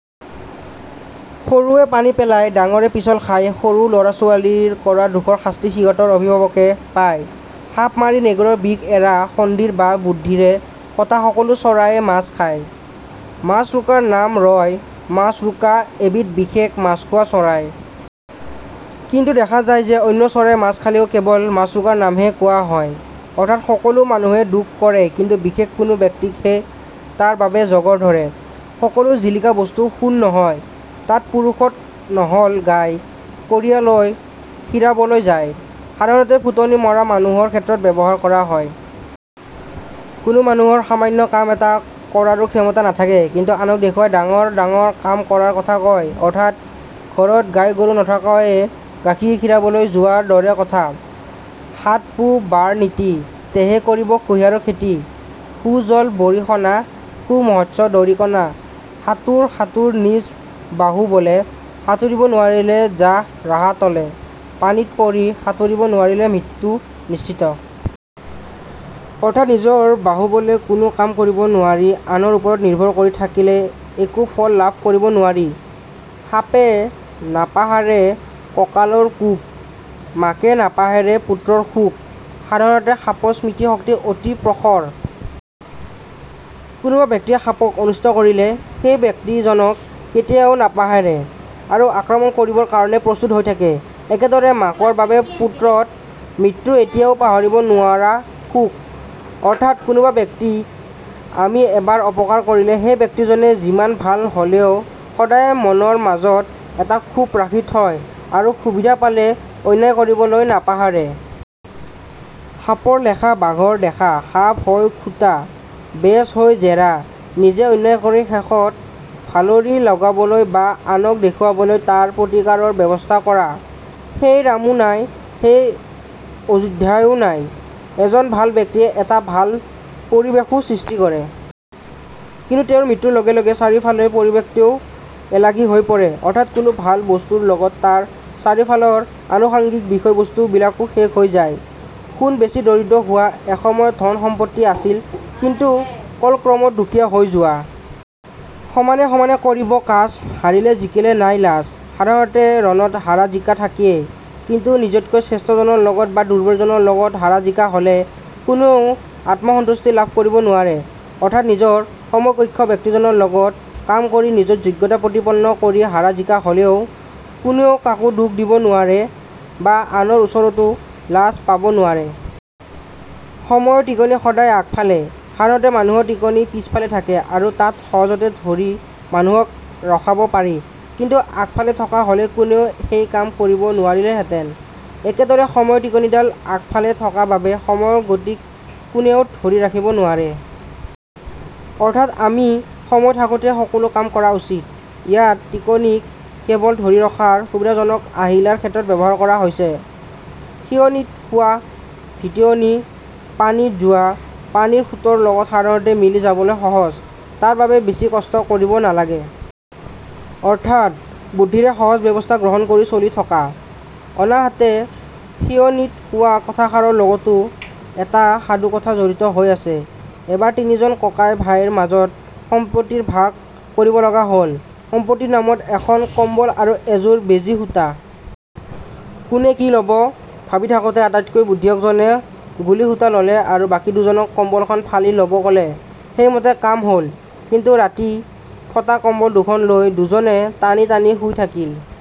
সৰুৱে পানী পেলাই, ডাঙৰে পিছল খাই: সৰু লৰা-ছোৱালীৱে কৰা দোষৰ শাস্তি সিহঁতৰ অভিভাৱকে পায়। সাপ মাৰি নেগুৰত বিষ এৰা সন্ধিৰ বাহ বুদ্ধিৰে কটা সকলো চৰাইয়ে মাছ খায়, মাছৰোকাৰ নাম ৰয়: মাছৰোকা এবিধ বিশেষ মাছখোৱা চৰাই। কিন্তু দেখা যায় যে অন্য চৰায়ে মাছ খালেও কেৱল মাছৰোকাৰ নামহে কোৱা হয়। অৰ্থাৎ সকলো মানুহে দোষ কৰে কিন্তু বিশেষ কোনো ব্যক্তিকহে তাৰ বাবে জগৰ ধৰে। সকলো জিলিকা বস্তু সোণ নহয় সাত পুৰুষত নহ'ল গাই, কঁৰীয়া লৈ খীৰাবলৈ যায়: সাধাৰণতে ফুটনি মৰা মানুহৰ ক্ষেত্ৰত ব্যৱহাৰ কৰা হয়। কোনো মানুহৰ সামান্য কাম এটা কৰাৰোঁ ক্ষমতা নাথাকে কিন্তু আনক দেখুৱাই ডাঙৰ ডাঙত কাম কৰাৰ কথা কয়। অৰ্থাৎ ঘৰত গাই-গৰু নথকাকৈয়ে গাখীৰ খিৰাবলৈ যোৱাৰ দৰে কথা। সাত পো বাৰ নাতি, তেহে কৰিবা কুহিয়াৰ খেতি সু জল বৰিষণা, সু মত্স্য দৰিকণা সাতোৰ সাতোৰ নিজ বাহু বলে, সাতুৰিব নোৱাৰিলে যা ৰসাতলে: পানীত পৰি সাতোৰিব নোৱাৰিলে মৃত্যু নিশ্চিত। অৰ্থাৎ নিজৰ বাহু বলে কোনো কাম কৰিব নোৱাৰি আনৰ ওপৰত নিৰ্ভৰ কৰি থাকিলে একো ফল লাভ কৰিব নোৱাৰি। সাপে নাপাহৰে কঁকালৰ কোব, মাকে নাপাহৰে পুত্ৰৰ শোক: সাধাৰণতে সাপৰ স্মৃতি শক্তি অতি প্ৰখৰ। কোনোবা ব্যক্তিয়ে সাপক অনিষ্ট কৰিলে সেই ব্যক্তি জনক কেতিয়াও নাপাহৰে আৰু আক্ৰমণ কৰিবৰ কাৰণে প্ৰস্তুত হৈ থাকে। একেদৰে মাকৰ বাবে পুত্ৰত মৃত্যু কেতিয়াও পাহৰিব নোৱাৰা শোক। অৰ্থাৎ কোনোবা ব্যক্তিক আমি এবাৰ অপকাৰ কৰিলে সেই ব্যক্তিজনে যিমান ভাল হ'লেও সদায় মনৰ মাজত এটা ক্ষোভ ৰাখি থয় আৰু সুবিধা পালে অন্যায় কৰিবলৈ নাপাহৰে। সাপৰ লেখা, বাঘৰ দেখা সাপ হৈ খোটা, বেজ হৈ জেৰা: নিজেই অন্যায় কৰি শেষত ভালৰি লগাবলৈ বা আনক দেখুৱাবলৈ তাৰ প্ৰতিকাৰৰ ব্যৱস্থা কৰা। সেই ৰামো নাই, সেই অযোধ্যাও নাই: এজন ভাল ব্যক্তিয়ে এটা ভাল পৰিবেশো সৃষ্টি কৰে। কিন্তু তেওঁৰ মৃত্যুৰ লগে লগে চাৰিওফালৰ পৰিবেশটোও এলাগি হৈ পৰে। অৰ্থাৎ কোনো ভাল বস্তুৰ লগতে তাৰ চাৰিওফালৰ আনুষাঙ্গিক বিষয়বস্তু বিলাকো শেষ হৈ যায়। সোণ বেছি দৰিদ্ৰ হোৱা: এসময়ত ধণ সম্পত্তি আছিল, কিন্তু কালক্ৰমত দুখীয়া হৈ যোৱা। সমানে সমানে কৰিবা কাজ, হাৰিলে জিকিলে নাই লাজ: সাধাৰণতে ৰণত হৰা জিকা থাকেই, কিন্তু নিজতকৈ শ্ৰেষ্ঠজনৰ লগত বা দুৰ্বলজনৰ লগত হৰা জিকা হ'লে কোনেও আত্মসন্তুষ্টি লাভ কৰিব নোৱাৰে। অৰ্থাৎ নিজৰ সমকক্ষ ব্যক্তিজনৰ লগত কাম কৰি, নিজৰ যোগ্যতা প্ৰতিপন্ন কৰি হৰা জিকা হ'লে কোনেও কাকো দোষ দিব নোৱাৰে বা আনৰ ওচৰতো লাজ পাব নোৱাৰে। সময়ৰ টিকনি সদায় আগফালে: সাধাৰণতে মানুহৰ টিকনি পাছফালে থাকে আৰু তাত সহজতে ধৰি মানুহক ৰখাব পাৰি। কিন্তু আগফালে থকা হ'লে কোনেও সেই কাম কৰিব নোৱাৰিলেহেঁতেন। একেদৰে সময়ৰ টিকনিডাল আগফালে থকা বাবে সময়ৰ গতিক কোনেও ধৰি ৰাখিব নোৱাৰে। অৰ্থাৎ আমি সময় থাকোঁতেই সকলোঁ কাম কৰা উচিত। ইয়াত টিকনি-ক কেৱল ধৰি ৰখাৰ সুবিধাজনক আহিলাৰ ক্ষেত্ৰত ব্যৱহাৰ কৰা হৈছে। সিয়নীত শুৱা, ভটিয়নি পানীত যোৱা: পানীৰ সোঁতৰ লগত সাধাৰণতে মিলি যাবলৈ সহজ। তাৰ বাবে বেছি কষ্ট কৰিব নালাগে। অৰ্থাৎ বুদ্ধিৰে সহজ ব্যৱস্থা গ্ৰহণ কৰি চলি থকা। আনহাতে সিয়নীত শুৱা কথাষাৰৰ লগতো এটা সাধুকথা জড়িত হৈ আছে। এবাৰ তিনিজন ককাই-ভাইৰ মাজত সম্পত্তিৰ ভাগ কৰিব লগা হ'ল। সম্পত্তিৰ নামত এখন কম্বল আৰু এযোৰ বেজি-সূঁতা। কোনে কি ল'ব ভাবি থাকোঁতে আটাইতকৈ বুদ্ধিয়ক জনে গুলি-সূঁতা ল'লে আৰু বাকি দুজনক কম্বলখন ফালি ল'ব ক'লে। সেই মতে কাম হ'ল। কিন্তু ৰাতি ফটা কম্বল দুখন লৈ দুজনে টানি-টানি শুই থাকিল।